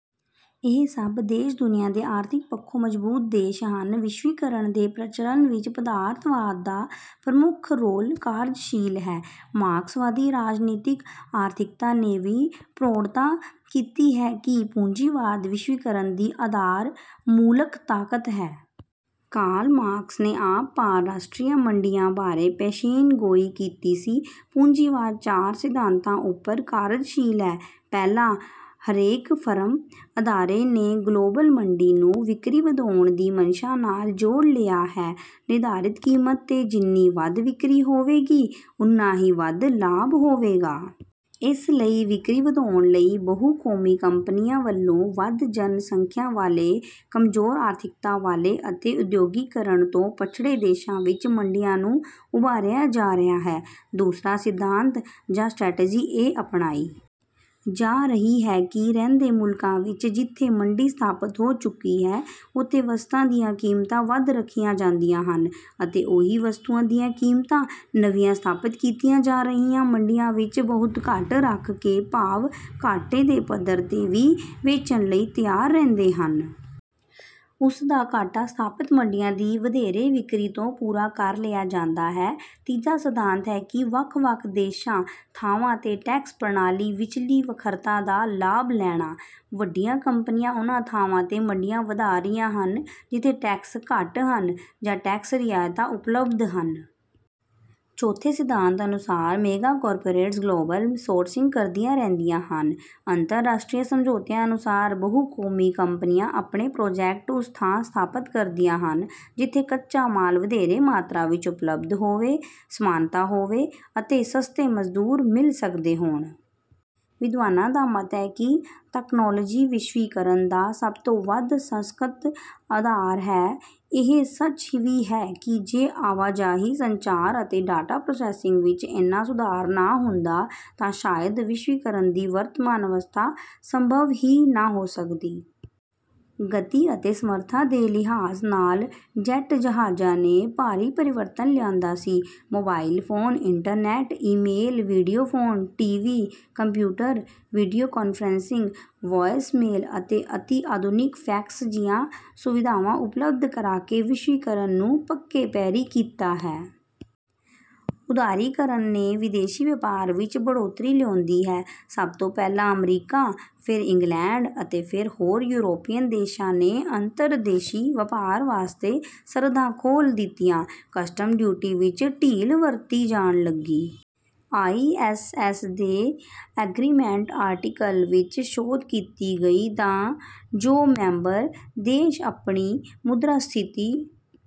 ਇਹ ਸੱਤ ਦੇਸ਼ ਦੁਨੀਆਂ ਦੇ ਆਰਥਿਕ ਪੱਖੋਂ ਮਜ਼ਬੂਤ ਦੇਸ਼ ਹਨ। ਵਿਸ਼ਵੀਕਰਨ ਦੇ ਪ੍ਰਚਲਣ ਵਿੱਚ ਪਦਾਰਥਵਾਦ ਦਾ ਪ੍ਰਮੁੱਖ ਰੋਲ ਕਾਰਜਸ਼ੀਲ ਹੈ। ਮਾਰਕਸਵਾਦੀ ਰਾਜਨੀਤਿਕ ਆਰਥਿਕਤਾ ਨੇ ਵੀ ਪ੍ਰੋੜਤਾ ਕੀਤੀ ਹੈ ਕਿ ਪੂੰਜੀਵਾਦ ਵਿਸ਼ਵੀਕਰਨ ਦੀ ਆਧਾਰ-ਮੂਲਕ ਤਾਕਤ ਹੈ। ਕਾਰਲ ਮਾਰਕਸ ਨੇ ਆਪ ਪਾਰ-ਰਾਸ਼ਟਰੀ ਮੰਡੀਆਂ ਬਾਰੇ ਪੇਸ਼ੀਨਗੋਈ ਕੀਤੀ ਸੀ। ਪੂੰਜੀਵਾਦ ਚਾਰ ਸਿਧਾਂਤਾਂ ਉੱਪਰ ਕਾਰਜਸ਼ੀਲ ਹੈ। ਪਹਿਲਾ, ਹਰੇਕ ਫਰਮ, ਅਦਾਰੇ ਨੇ ਗਲੋਬਲ ਮੰਡੀ ਨੂੰ ਵਿਕਰੀ ਵਧਾਉਣ ਦੀ ਮਨਸ਼ਾ ਨਾਲ ਜੋੜ ਲਿਆ ਹੈ। ਨਿਰਧਾਰਿਤ ਕੀਮਤ ਤੇ ਜਿੰਨੀ ਵੱਧ ਵਿਕਰੀ ਹੋਵੇਗੀ, ਉਨਾ ਹੀ ਵੱਧ ਲਾਭ ਹੋਵੇਗਾ। ਇਸ ਲਈ ਵਿਕਰੀ ਵਧਾਉਣ ਲਈ ਬਹੁ-ਕੌਮੀ ਕੰਪਨੀਆਂ ਵੱਲੋਂ ਵੱਧ ਜਨ ਸੰਖਿਆ ਵਾਲੇ, ਕਮਜ਼ੋਰ ਆਰਥਿਕਤਾ ਵਾਲੇ ਅਤੇ ਉਦਯੋਗੀਕਰਨ ਤੋਂ ਪਛੜੇ ਦੇਸ਼ਾਂ ਵਿੱਚ ਮੰਡੀਆਂ ਨੂੰ ਉਭਾਰਿਆ ਜਾ ਰਿਹਾ ਹੈ। ਦੂਸਰਾ ਸਿਧਾਂਤ ਜਾਂ ਸਟ੍ਰੈਟਜੀ ਇਹ ਅਪਣਾਈ ਜਾ ਰਹੀ ਹੈ ਕਿ ਰਹਿੰਦੇ ਮੁਲਕਾਂ ਵਿੱਚ ਜਿੱਥੇ ਮੰਡੀ ਸਥਾਪਤ ਹੋ ਚੁੱਕੀ ਹੈ, ਉੱਥੇ ਵਸਤਾਂ ਦੀਆਂ ਕੀਮਤਾਂ ਵੱਧ ਰੱਖੀਆਂ ਜਾਂਦੀਆਂ ਹਨ ਅਤੇ ਉਹੀ ਵਸਤਾਂ ਦੀਆਂ ਕੀਮਤਾਂ ਨਵੀਆਂ ਸਥਾਪਤ ਕੀਤੀਆਂ ਜਾ ਰਹੀਆਂ ਮੰਡੀਆਂ ਵਿੱਚ ਬਹੁਤ ਘੱਟ ਰੱਖ ਕੇ ਭਾਵ ਘਾਟੇ ਦੇ ਪੱਧਰ ਤੇ ਵੀ ਵੇਚਣ ਲਈ ਤਿਆਰ ਰਹਿੰਦੇ ਹਨ। ਉਸ ਦਾ ਘਾਟਾ ਸਥਾਪਤ ਮੰਡੀਆਂ ਦੀ ਵਧੇਰੇ ਵਿਕਰੀ ਤੋਂ ਪੂਰਾ ਕਰ ਲਿਆ ਜਾਂਦਾ ਹੈ। ਤੀਜਾ ਸਿਧਾਂਤ ਹੈ ਕਿ ਵੱਖ-ਵੱਖ ਦੇਸ਼ਾਂ, ਥਾਵਾਂ ਤੇ ਟੈਕਸ ਪ੍ਰਣਾਲੀ ਵਿਚਲੀ ਵੱਖਰਤਾ ਦਾ ਲਾਭ ਲੈਣਾ। ਵੱਡੀਆਂ ਕੰਪਨੀਆਂ ਉਨ੍ਹਾਂ ਥਾਵਾਂ ਤੇ ਮੰਡੀਆਂ ਵਧਾ ਰਹੀਆਂ ਹਨ ਜਿੱਥੇ ਟੈਕਸ ਘੱਟ ਹਨ ਜਾਂ ਟੈਕਸ ਰਿਆਇਤਾਂ ਉਪਲਬੱਧ ਹਨ। ਚੌਥੇ ਸਿਧਾਂਤ ਅਨੁਸਾਰ ਮੈਗਾਕਾਰਪੋਰੇਟਸ ਗਲੋਬਲ ਸੋਰਮਿੰਗ ਕਰਦੀਆਂ ਰਹਿੰਦੀਆਂ ਹਨ। ਅੰਤਰਰਾਸ਼ਟਰੀ ਸਮਝੌਤਿਆਂ ਅਨੁਸਾਰ ਬਹੁ-ਕੌਮੀ ਕੰਪਨੀਆਂ ਆਪਣੇ ਪ੍ਰਾਜੈਕਟ ਉਸ ਥਾਂ ਸਥਾਪਤ ਕਰਦੀਆਂ ਹਨ, ਜਿੱਥੇ ਕੱਚਾ ਮਾਲ ਵਧੇਰੇ ਮਾਤਰਾ ਵਿੱਚ ਉਪਲਬਧ ਹੋਵੇ, ਸਮਾਨਤਾ ਹੋਵੇ ਅਤੇ ਸਸਤੇ ਮਜ਼ਦੂਰ ਮਿਲ ਸਕਦੇ ਹੋਣ। ਵਿਦਵਾਨਾਂ ਦਾ ਮੱਤ ਹੈ ਕਿ ਤਕਨਾਲੋਜੀ ਵਿਸ਼ਵੀਕਰਨ ਦਾ ਸਭ ਤੋਂ ਵੱਧ ਸਸ਼ੱਕਤ ਆਧਾਰ ਹੈ। ਇਹ ਸੱਚ ਵੀ ਹੈ ਕਿ ਜੇ ਆਵਾਜਾਈ, ਸੰਚਾਰ ਅਤੇ ਡਾਟਾ ਪ੍ਰੋਸੈਸਿੰਗ ਵਿੱਚ ਏਨਾ ਸੁਧਾਰ ਨਾ ਹੁੰਦਾ ਤਾਂ ਸ਼ਾਇਦ ਵਿਸ਼ਵੀਕਰਨ ਦੀ ਵਰਤਮਾਨ ਅਵਸਥਾ ਸੰਭਵ ਹੀ ਨਾ ਹੋ ਸਕਦੀ। ਗਤੀ ਅਤੇ ਸਮਰੱਥਾ ਦੇ ਲਿਹਾਜ਼ ਨਾਲ ਜੈਟ ਜਹਾਜ਼ਾਂ ਨੇ ਭਾਰੀ ਪਰਿਵਰਤਨ ਲਿਆਂਦਾ ਸੀ। Mobile phone, internet, email, video phone, T V, computer, video conferencing, voicemail ਅਤੇ ਅਤੀ ਆਧੁਨਿਕ ਫੈਕਸ ਜਿਹੀਆਂ ਸੁਵਿਧਾਵਾਂ ਉਪਲਬਧ ਕਰਾ ਕੇ ਵਿਸ਼ਵੀਕਰਨ ਨੂੰ ਪੱਕੇ ਪੈਰੀਂ ਕੀਤਾ ਹੈ। ਉਦਾਰੀਕਰਨ ਨੇ ਵਿਦੇਸ਼ੀ ਵਪਾਰ ਵਿੱਚ ਬੜ੍ਹੋਤਰੀ ਲਿਆਂਦੀ ਹੈ। ਸਭ ਤੋਂ ਪਹਿਲਾਂ ਅਮਰੀਕਾ, ਫਿਰ ਇੰਗਲੈਂਡ ਅਤੇ ਫਿਰ ਹੋਰ ਯੂਰੋਪੀਨ ਦੇਸ਼ਾਂ ਨੇ ਅੰਤਰਦੇਸ਼ੀ ਵਪਾਰ ਵਾਸਤੇ ਸਰਹੱਦਾਂ ਖੋਲ ਦਿੱਤੀਆਂ, ਕਸਟਮ ਡਿਊਟੀ ਵਿੱਚ ਢਿਲ ਵਰਤੀ ਜਾਣ ਲਗੀ। ਆਈ ਐਸ ਐਸ ਦੇ ਐਗਰੀਮੈਂਟ ਆਰਟੀਕਲ ਵਿੱਚ ਸੋਧ ਕੀਤੀ ਗਈ ਤਾਂ ਜੋ ਮੈਂਬਰ ਦੇਸ਼ ਆਪਣੀ ਮੁਦਰਾ ਸਥਿਤੀ